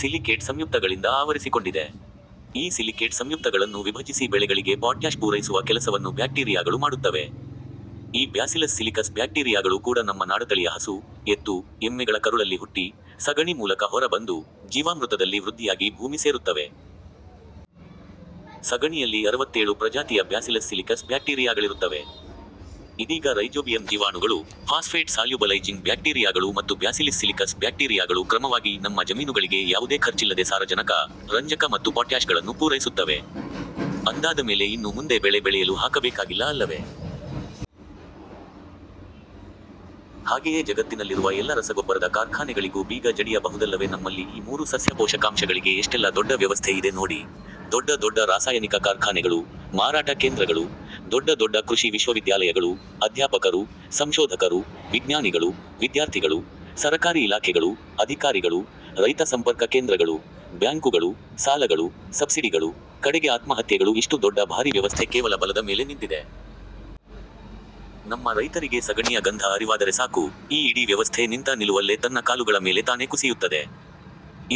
Silicate ಸಂಯುಕ್ತಗಳಿಂದ ಆವರಿಸಿಕೊಂಡಿದೆ. ಈ ಸಿಲಿಕೇಟ್ ಸಂಯುಕ್ತಗಳನ್ನು ವಿಭಜಿಸಿ ಬೆಳೆಗಳಿಗೆ ಪೊಟ್ಯಾಷ್ ಪೂರೈಸುವ ಕೆಲಸವನ್ನು ಬ್ಯಾಕ್ಟೀರಿಯಾಗಳು ಮಾಡುತ್ತವೆ. ಈ ಬ್ಯಾಸಿಲಸ್ ಸಿಲಿಕಸ್ ಬ್ಯಾಕ್ಟೀರಿಯಾಗಳು ಕೂಡ ನಮ್ಮ ನಾಡತಳಿಯ ಹಸು, ಎತ್ತು, ಎಮ್ಮೆಗಳ ಕರುಳಲ್ಲಿ ಹುಟ್ಟಿ, ಸಗಣಿ ಮೂಲಕ ಹೊರ ಬಂದು, ಜೀವಾಮೃತದಲ್ಲಿ ವೃದ್ಧಿಯಾಗಿ ಭೂಮಿ ಸೇರುತ್ತವೆ. ಸಗಣಿಯಲ್ಲಿ ಅರವತ್ತೇಳು ಪ್ರಜಾತಿಯ ಬ್ಯಾಸಿಲಸ್ ಸಿಲಿಕಸ್ ಬ್ಯಾಕ್ಟೀರಿಯಾಗಳಿರುತ್ತವೆ. ಇದೀಗ ರೈಜೋಬಿಯಂ ಜೀವಾಣುಗಳು, ಫಾಸ್ಫೇಟ್ ಸಾಲ್ಯುಬಲೈಜಿಂಗ್ ಬ್ಯಾಕ್ಟೀರಿಯಾಗಳು ಮತ್ತು ಬ್ಯಾಸಿಲಿಸ್ ಸಿಲಿಕಸ್ ಬ್ಯಾಕ್ಟೀರಿಯಾಗಳು ಕ್ರಮವಾಗಿ ನಮ್ಮ ಜಮೀನುಗಳಿಗೆ ಯಾವುದೇ ಖರ್ಚಿಲ್ಲದೆ ಸಾರಜನಕ, ರಂಜಕ ಮತ್ತು ಪೊಟ್ಯಾಷ್ಗಳನ್ನು ಪೂರೈಸುತ್ತವೆ. ಅಂದಾದಮೇಲೆ ಇನ್ನು ಮುಂದೆ ಬೆಳೆ ಬೆಳೆಯಲು ಹಾಕಬೇಕಾಗಿಲ್ಲ ಅಲ್ಲವೆ? ಹಾಗೆಯೇ ಜಗತ್ತಿನಲ್ಲಿರುವ ಎಲ್ಲ ರಸಗೊಬ್ಬರದ ಕಾರ್ಖಾನೆಗಳಿಗೂ ಬೀಗ ಜಡಿಯ ಬಹುದಲ್ಲವೆ ನಮ್ಮಲ್ಲಿ ಈ ಮೂರು ಸಸ್ಯ ಪೋಷಕಾಂಶಗಳಿಗೆ ಎಷ್ಟೆಲ್ಲ ದೊಡ್ಡ ವ್ಯವಸ್ಥೆ ಇದೆ ನೋಡಿ; ದೊಡ್ಡ ದೊಡ್ಡ ರಾಸಾಯನಿಕ ಕಾರ್ಖಾನೆಗಳು, ಮಾರಾಟ ಕೇಂದ್ರಗಳು; ದೊಡ್ಡ ದೊಡ್ಡ ಕೃಷಿ ವಿಶ್ವವಿದ್ಯಾಲಯಗಳು, ಅಧ್ಯಾಪಕರು, ಸಂಶೋಧಕರು, ವಿಜ್ಞಾನಿಗಳು, ವಿದ್ಯಾರ್ಥಿಗಳು; ಸರಕಾರಿ ಇಲಾಖೆಗಳು, ಅಧಿಕಾರಿಗಳು, ರೈತ ಸಂಪರ್ಕ ಕೇಂದ್ರಗಳು; ಬ್ಯಾಂಕುಗಳು, ಸಾಲಗಳು, ಸಬ್ಸಿಡಿಗಳು; ಕಡೆಗೆ ಆತ್ಮಹತ್ಯೆಗಳು ಇಷ್ಟು ದೊಡ್ಡ ಭಾರೀ ವ್ಯವಸ್ಥೆ ಕೇವಲ ಬಲದ ಮೇಲೆ ನಿಂತಿದೆ. ನಮ್ಮ ರೈತರಿಗೆ ಸಗಣಿಯ ಗಂಧ ಅರಿವಾದರೆ ಸಾಕು, ಈ ಇಡೀ ವ್ಯವಸ್ಥೆ ನಿಂತ ನಿಲುವಲ್ಲೆ ತನ್ನ ಕಾಲುಗಳ ಮೇಲೆ ತಾನೇ ಕುಸಿಯುತ್ತದೆ.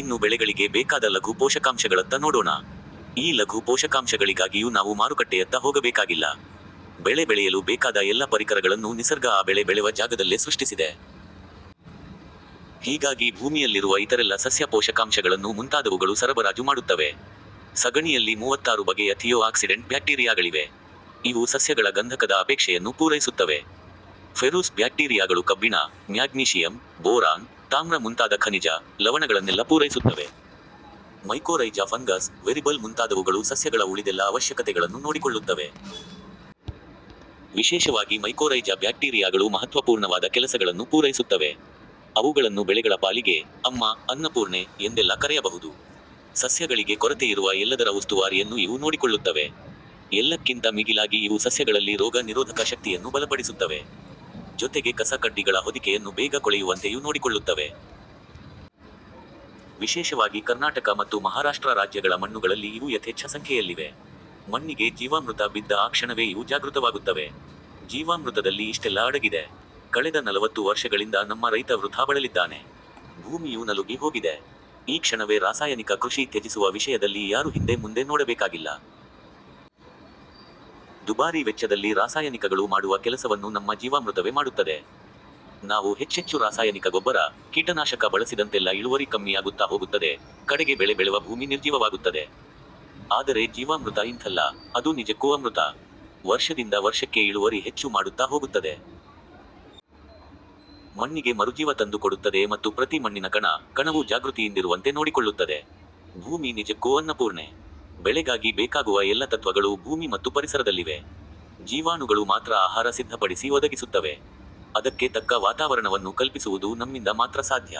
ಇನ್ನು ಬೆಳೆಗಳಿಗೆ ಬೇಕಾದ ಲಘು ಪೋಷಕಾಂಶಗಳತ್ತ ನೋಡೋಣ. ಈ ಲಘು ಪೋಷಕಾಂಶಗಳಿಗಾಗಿಯೂ ನಾವು ಮಾರುಕಟ್ಟೆಯತ್ತ ಹೋಗಬೇಕಾಗಿಲ್ಲ. ಬೆಳೆ ಬೆಳೆಯಲು ಬೇಕಾದ ಎಲ್ಲ ಪರಿಕರಗಳನ್ನು ನಿಸರ್ಗ ಆ ಬೆಳೆ ಬೆಳೆವ ಜಾಗದಲ್ಲೇ ಸೃಷ್ಟಿಸಿದೆ. ಹೀಗಾಗಿ ಭೂಮಿಯಲ್ಲಿರುವ ಇತರೆಲ್ಲ ಸಸ್ಯ ಪೋಷಕಾಂಶಗಳನ್ನು ಮುಂತಾದವುಗಳು ಸರಬರಾಜು ಮಾಡುತ್ತವೆ. ಸಗಣಿಯಲ್ಲಿ ಮೂವತ್ತಾರು ಬಗೆಯ ಥಿಯೋ ಆಕ್ಸಿಡೆಂಟ್ ಬ್ಯಾಕ್ಟೀರಿಯಾಗಳಿವೆ. ಇವು ಸಸ್ಯಗಳ ಗಂಧಕದ ಅಪೇಕ್ಷೆಯನ್ನು ಪೂರೈಸುತ್ತವೆ. ಫೆರೂಸ್ ಬ್ಯಾಕ್ಟೀರಿಯಾಗಳು ಕಬ್ಬಿಣ, ಮ್ಯಾಗ್ನೀಷಿಯಂ, ಬೋರಾನ್, ತಾಮ್ರ ಮುಂತಾದ ಖನಿಜ, ಲವಣಗಳನ್ನೆಲ್ಲ ಪೂರೈಸುತ್ತವೆ. ಮೈಕೋರೈಜಾ ಫಂಗಸ್, ವೆರಿಬಲ್ ಮುಂತಾದವುಗಳು ಸಸ್ಯಗಳ ಉಳಿದೆಲ್ಲ ಅವಶ್ಯಕತೆಗಳನ್ನು ನೋಡಿಕೊಳ್ಳುತ್ತವೆ. ವಿಶೇಷವಾಗಿ ಮೈಕೋರೈಜಾ ಬ್ಯಾಕ್ಟೀರಿಯಾಗಳು ಮಹತ್ವಪೂರ್ಣವಾದ ಕೆಲಸಗಳನ್ನು ಪೂರೈಸುತ್ತವೆ. ಅವುಗಳನ್ನು ಬೆಳೆಗಳ ಪಾಲಿಗೆ 'ಅಮ್ಮ', 'ಅನ್ನಪೂರ್ಣೆ' ಎಂದೆಲ್ಲಾ ಕರೆಯಬಹುದು. ಸಸ್ಯಗಳಿಗೆ ಕೊರತೆಯಿರುವ ಎಲ್ಲದರ ಉಸ್ತುವಾರಿಯನ್ನು ಇವು ನೋಡಿಕೊಳ್ಳುತ್ತವೆ. ಎಲ್ಲಕ್ಕಿಂತ ಮಿಗಿಲಾಗಿ ಇವು ಸಸ್ಯಗಳಲ್ಲಿ ರೋಗ ನಿರೋಧಕ ಶಕ್ತಿಯನ್ನೂ ಬಲಪಡಿಸುತ್ತವೆ. ಜೊತೆಗೆ ಕಸ-ಕಡ್ಡಿಗಳ ಹೊದಿಕೆಯನ್ನು ಬೇಗ ಕೊಳೆಯುವಂತೆಯೂ ನೋಡಿಕೊಳ್ಳುತ್ತವೆ. ವಿಶೇಷವಾಗಿ ಕರ್ನಾಟಕ ಮತ್ತು ಮಹಾರಾಷ್ಟ್ರ ರಾಜ್ಯಗಳ ಮಣ್ಣುಗಳಲ್ಲಿ ಇವು ಯಥೇಚ್ಛ ಸಂಖ್ಯೆಯಲ್ಲಿವೆ. ಮಣ್ಣಿಗೆ ಜೀವಾಮೃತ ಬಿದ್ದ ಆ ಕ್ಷಣವೇ ಇವು ಜಾಗೃತವಾಗುತ್ತವೆ. ಜೀವಾಮೃತದಲ್ಲಿ ಇಷ್ಟೆಲ್ಲ ಅಡಗಿದೆ. ಕಳೆದ ನಲವತ್ತು ವರ್ಷಗಳಿಂದ ನಮ್ಮ ರೈತ ವೃಥಾ ಬಳಲಿದ್ದಾನೆ. ಭೂಮಿಯೂ ನಲುಗಿ ಹೋಗಿದೆ. ಈ ಕ್ಷಣವೇ ರಾಸಾಯನಿಕ ಕೃಷಿ ತ್ಯಜಿಸುವ ವಿಷಯದಲ್ಲಿ ಯಾರೂ ಹಿಂದೆ-ಮುಂದೆ ನೋಡಬೇಕಾಗಿಲ್ಲ. ದುಬಾರಿ ವೆಚ್ಚದಲ್ಲಿ ರಾಸಾಯನಿಕಗಳು ಮಾಡುವ ಕೆಲಸವನ್ನು ನಮ್ಮ ಜೀವಾಮೃತವೆ ಮಾಡುತ್ತದೆ. ನಾವು ಹೆಚ್ಚೆಚ್ಚು ರಾಸಾಯನಿಕ ಗೊಬ್ಬರ, ಕೀಟನಾಶಕ ಬಳಸಿದಂತೆಲ್ಲ ಇಳುವರಿ ಕಮ್ಮಿಯಾಗುತ್ತಾ ಹೋಗುತ್ತದೆ, ಕಡೆಗೆ ಬೆಳೆ ಬೆಳೆವ ಭೂಮಿ ನಿರ್ಜೀವವಾಗುತ್ತದೆ. ಆದರೆ ಜೀವಾಮೃತ ಇಂಥಲ್ಲ; ಅದು ನಿಜಕ್ಕೂ ಅಮೃತ. ವರ್ಷದಿಂದ ವರ್ಷಕ್ಕೆ ಇಳುವರಿ ಹೆಚ್ಚು ಮಾಡುತ್ತಾ ಹೋಗುತ್ತದೆ. ಮಣ್ಣಿಗೆ ಮರುಜೀವ ತಂದುಕೊಡುತ್ತದೆ ಮತ್ತು ಪ್ರತಿ ಮಣ್ಣಿನ ಕಣ, ಕಣವೂ ಜಾಗೃತಿಯಿಂದಿರುವಂತೆ ನೋಡಿಕೊಳ್ಳುತ್ತದೆ. ಭೂಮಿ ನಿಜಕ್ಕೂ ಅನ್ನಪೂರ್ಣೆ. ಬೆಳೆಗಾಗಿ ಬೇಕಾಗುವ ಎಲ್ಲ ತತ್ವಗಳು ಭೂಮಿ ಮತ್ತು ಪರಿಸರದಲ್ಲಿವೆ. ಜೀವಾಣುಗಳು ಮಾತ್ರ ಆಹಾರ ಸಿದ್ಧಪಡಿಸಿ ಒದಗಿಸುತ್ತವೆ. ಅದಕ್ಕೆ ತಕ್ಕ ವಾತಾವರಣವನ್ನು ಕಲ್ಪಿಸುವುದು ನಮ್ಮಿಂದ ಮಾತ್ರ ಸಾಧ್ಯ.